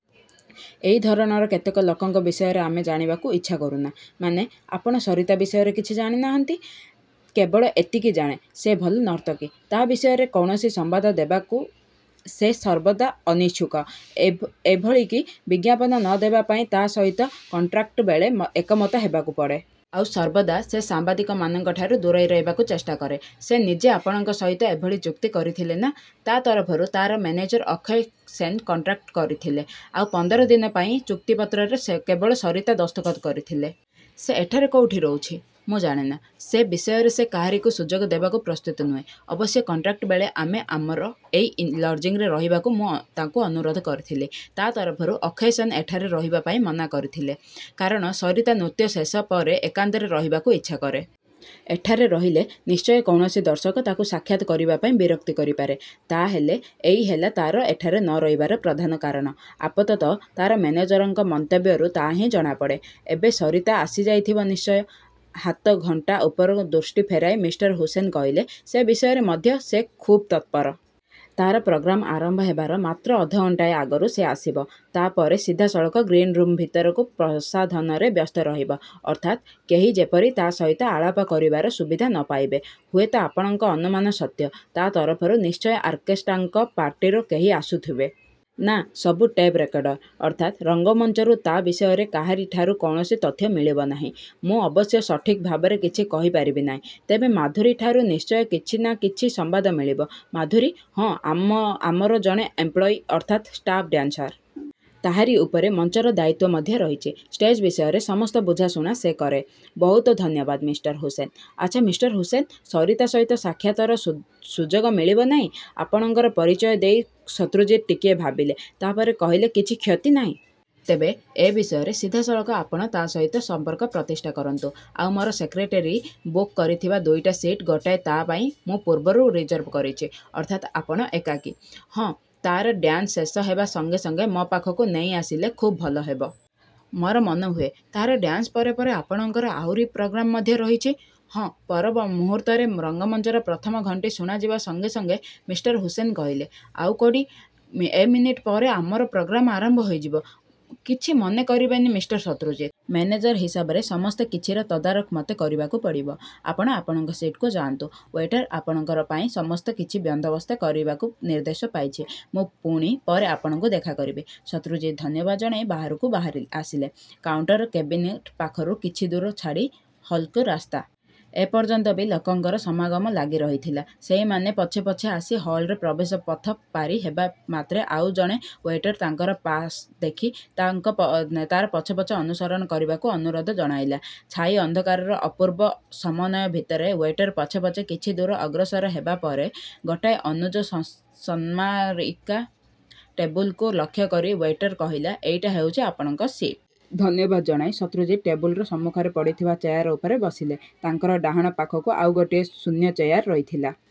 ଏଇ ଧରଣର କେତେକ ଲୋକଙ୍କ ବିଷୟରେ ଆମେ ଜାଣିବାକୁ ଇଚ୍ଛା କରୁନା। ମାନେ, ଆପଣ ସରିତା ବିଷୟରେ କିଛି ଜାଣିନାହାନ୍ତି? କେବଳ ଏତିକି ଜାଣେ, ସେ ଭଲ ନର୍ତ୍ତକୀ। ତା ବିଷୟରେ କୌଣସି ସମ୍ୱାଦ ଦେବାକୁ ସେ ସର୍ବଦା ଅନିଚ୍ଛୁକ। ଏଭଳିକି ବିଜ୍ଞାପନ ନ ଦେବା ପାଇଁ ତା ସହିତ କଣ୍ଟ୍ରାକ୍ଟ୍ ବେଳେ ଏକମତ ହେବାକୁ ପଡ଼େ। ଆଉ ସର୍ବଦା ସେ ସାମ୍ବାଦିକମାନଙ୍କଠାରୁ ଦୂରେଇ ରହିବାକୁ ଚେଷ୍ଟା କରେ। ସେ ନିଜେ ଆପଣଙ୍କ ସହିତ ଏଭଳି ଚୁକ୍ତି କରିଥିଲା ନା, ତା ତରଫରୁ ତାର ମେନେଜର ଅକ୍ଷୟ ସେନ୍ କଣ୍ଟ୍ରାକ୍ଟ କରିଥିଲେ। ଆଉ ପନ୍ଦର ଦିନ ପାଇଁ ଚୁକ୍ତିପତ୍ରରେ କେବଳ ସରିତା ଦସ୍ତଖତ୍ କରିଥିଲା। ସେ ଏଠାରେ କୋଉଠି ରହୁଛି? ମୁଁ ଜାଣେନା। ସେ ବିଷୟରେ ସେ କାହାରିକୁ ସୁଯୋଗ ଦେବାକୁ ପ୍ରସ୍ତୁତ ନୁହେଁ। ଅବଶ୍ୟ କଣ୍ଟ୍ରାକ୍ଟ ବେଳେ ଆମର ଏଇ ଲଜିଂରେ ରହିବାପାଇଁ ମୁଁ ତାକୁ ଅନୁରୋଧ କରିଥିଲି। ତା ତରଫରୁ ଅକ୍ଷୟ ସେନ୍ ଏଠାରେ ରହିବାପାଇଁ ମନା କରିଥିଲେ, କାରଣ ସରିତା ନୃତ୍ୟ ଶେଷ ପରେ ଏକାନ୍ତରେ ରହିବାକୁ ଇଚ୍ଛା କରେ। ଏଠାରେ ରହିଲେ ନିଶ୍ଚୟ କୌଣସି ଦର୍ଶକ ତାକୁ ସାକ୍ଷାତ୍ କରିବାପାଇଁ ବିରକ୍ତ କରିପାରେ। ତାହେଲେ ଏଇ ହେଲା ତାର ଏଠାରେ ନ ରହିବାର ପ୍ରଧାନ କାରଣ? ଆପାତତଃ ତାର ମେନେଜରଙ୍କ ମନ୍ତବ୍ୟରୁ ତାହା ହିଁ ଜଣାପଡ଼େ। ଏବେ ସରିତା ଆସିଯାଇଥିବ ନିଶ୍ଚୟ? ହାତଘଣ୍ଟା ଉପରୁ ଦୃଷ୍ଟି ଫେରାଇ ମିଷ୍ଟର ହୁସେନ କହିଲେ, ସେ ବିଷୟରେ ମଧ୍ୟ ସେ ଖୁବ୍ ତତ୍ପର। ତା'ର ପ୍ରୋଗ୍ରାମ ଆରମ୍ଭ ହେବାର ମାତ୍ର ଅଧଘଣ୍ଟାଏ ଆଗରୁ ସେ ଆସିବ। ତାପରେ ସିଧାସଳଖ ଗ୍ରୀନରୁମ ଭିତରେ ପ୍ରସାଧନରେ ବ୍ୟସ୍ତ ରହିବ। ଅର୍ଥାତ୍ କେହି ଯେପରି ତା ସହିତ ଆଳାପ କରିବାର ସୁବିଧା ନ ପାଇବେ। ହୁଏତ ଆପଣଙ୍କ ଅନୁମାନ ସତ୍ୟ। ତା ତରଫରୁ ନିଶ୍ଚୟ ଆର୍କେଷ୍ଟ୍ରାଙ୍କ ପାର୍ଟିର କେହି ଆସୁଥିବେ? ନା, ସବୁ ଟେପ୍ ରେକର୍ଡର। ଅର୍ଥାତ୍ ରଙ୍ଗମଞ୍ଚରୁ ତା ବିଷୟରେ କାହାରିଠାରୁ କୌଣସି ତଥ୍ୟ ମିଳିବ ନାହିଁ? ମୁଁ ଅବଶ୍ୟ ସଠିକ୍ ଭାବରେ କିଛି କହିପାରିବି ନାହିଁ। ତେବେ ମାଧୁରୀଠାରୁ ନିଶ୍ଚୟ କିଛି ନା କିଛି ସମ୍ୱାଦ ମିଳିବ। ମାଧୁରୀ? ହଁ, ଆମର ଜଣେ ଏମ୍ପ୍ଳୟୀ, ଅର୍ଥାତ୍ ଷ୍ଟାପ୍ ଡ୍ୟାନ୍ସର। ତାହାରି ଉପରେ ମଞ୍ଚର ଦାୟିତ୍ୱ ମଧ୍ୟ ରହିଛି। ଷ୍ଟେଜ୍ ବିଷୟରେ ସମସ୍ତ ବୁଝାଶୁଣା ସେ କରେ। ବହୁତ ଧନ୍ୟବାଦ, ମିଷ୍ଟର ହୁସେନ୍! ଆଚ୍ଛା, ମିଷ୍ଟର ହୁସେନ୍, ସରିତା ସହିତ ସାକ୍ଷାତର ସୁଯୋଗ ମିଳିବ ନାହିଁ? ଆପଣଙ୍କର ପରିଚୟ ଦେଇ ଶତ୍ରୁଜିତ୍ ଟିକିଏ ଭାବିଲେ। ତାପରେ କହିଲେ କିଛି କ୍ଷତି ନାହିଁ। ତେବେ ଏ ବିଷୟରେ ସିଧାସଳଖ ଆପଣ ତା ସହିତ ସମ୍ପର୍କ ପ୍ରତିଷ୍ଠା କରନ୍ତୁ। ଆଉ ମୋର ସେକ୍ରେଟେରୀ ବୁକ୍ କରିଥିବା ଦୁଇଟା ସିଟ୍ ଗୋଟାଏ ତା ପାଇଁ ମୁଁ ପୂର୍ବରୁ ରିଜର୍ଭ କରିଛି। ଅର୍ଥାତ୍ ଆପଣ ଏକାକୀ? ହଁ, ତାର ଡ୍ୟାନ୍ସ ଶେଷ ହେବା ସଙ୍ଗେ ସଙ୍ଗେ ମୋ ପାଖକୁ ନେଇଆସିଲେ ଖୁବ୍ ଭଲ ହେବ। ମୋର ମନେହୁଏ, ତାର ଡ୍ୟାନ୍ସ ପରେ ପରେ ଆପଣଙ୍କର ଆହୁରି ପ୍ରୋଗ୍ରାମ ମଧ୍ୟ ରହିଛି। ହଁ, ପର ମୁହୂର୍ତ୍ତରେ ରଙ୍ଗମଞ୍ଚର ପ୍ରଥମ ଘଣ୍ଟି ଶୁଣାଯିବା ସଙ୍ଗେ ସଙ୍ଗେ ମିଷ୍ଟର ହୁସେନ୍ କହିଲେ, ଆଉ କୋଡୀ ଏମିନିଟ୍ ପରେ ଆମର ପ୍ରୋଗ୍ରାମ ଆରମ୍ଭ ହେଇଯିବ। କିଛି ମନେ କରିବେନି ମିଷ୍ଟର ଶତ୍ରୁଜିତ୍! ମେନେଜର ହିସାବରେ ସମସ୍ତ କିଛିର ତଦାରଖ ମୋତେ କରିବାକୁ ପଡ଼ିବ। ଆପଣ ଆପଣଙ୍କର ସିଟକୁ ଯାଆନ୍ତୁ। ୱେଟର୍ ଆପଣଙ୍କ ପାଇଁ ସମସ୍ତ କିଛି ବନ୍ଦୋବସ୍ତ କରିବାକୁ ନିର୍ଦ୍ଦେଶ ପାଇଛି। ମୁଁ ପୁଣି ପରେ ଆପଣଙ୍କୁ ଦେଖା କରିବି। ଶତ୍ରୁଜିତ୍ ଧନ୍ୟବାଦ ଜଣାଇ ବାହାରକୁ ଆସିଲେ। କାଉଣ୍ଟର କେବିନ ପାଖରୁ କିଛିଦୂର ଛାଡ଼ି ହଲକୁ ରାସ୍ତା। ଏ ପର୍ଯ୍ୟନ୍ତ ବି ଲୋକଙ୍କର ସମାଗମ ଲାଗିରହିଥିଲା। ସେଇମାନଙ୍କ ପଛେ ପଛେ ଆସି ହଲ୍ଋ ପ୍ରବେଶପଥ ପାରି ହେବା ମାତ୍ରେ ଆଉ ଜଣେ ୱେଟର ତାଙ୍କର ପାସ୍ ଦେଖି ତାର ପଛେ ପଛେ ଅନୁସରଣ କରିବାକୁ ଅନୁରୋଧ ଜଣାଇଲା। ଛାଇ ଅନ୍ଧକାରର ଅପୂର୍ବ ସମନ୍ୱୟ ଭିତରେ ୱେଟର ପଛେ ପଛେ କିଛିଦୂର ଅଗ୍ରସର ହେବା ପରେ, ଗୋଟାଏ ଅନୁଚ୍ଚ ସନ୍ମାଇକା ଟେବୁଲକୁ ଲକ୍ଷ୍ୟ କରି ୱେଟର କହିଲା ଏଇଟା ହେଉଛି ଆପଣଙ୍କର ସିଟ୍। ଧନ୍ୟବାଦ ଜଣାଇ ଶତ୍ରୁଜିତ୍ ଟେବୁଲର ସମ୍ମୁଖରେ ପଡ଼ିଥିବା ଚେୟାର ଉପରେ ବସିଲେ। ତାଙ୍କର ଡାହାଣ ପାଖକୁ ଆଉ ଗୋଟିଏ ଶୂନ୍ୟ ଚେୟାର ରହିଥିଲା।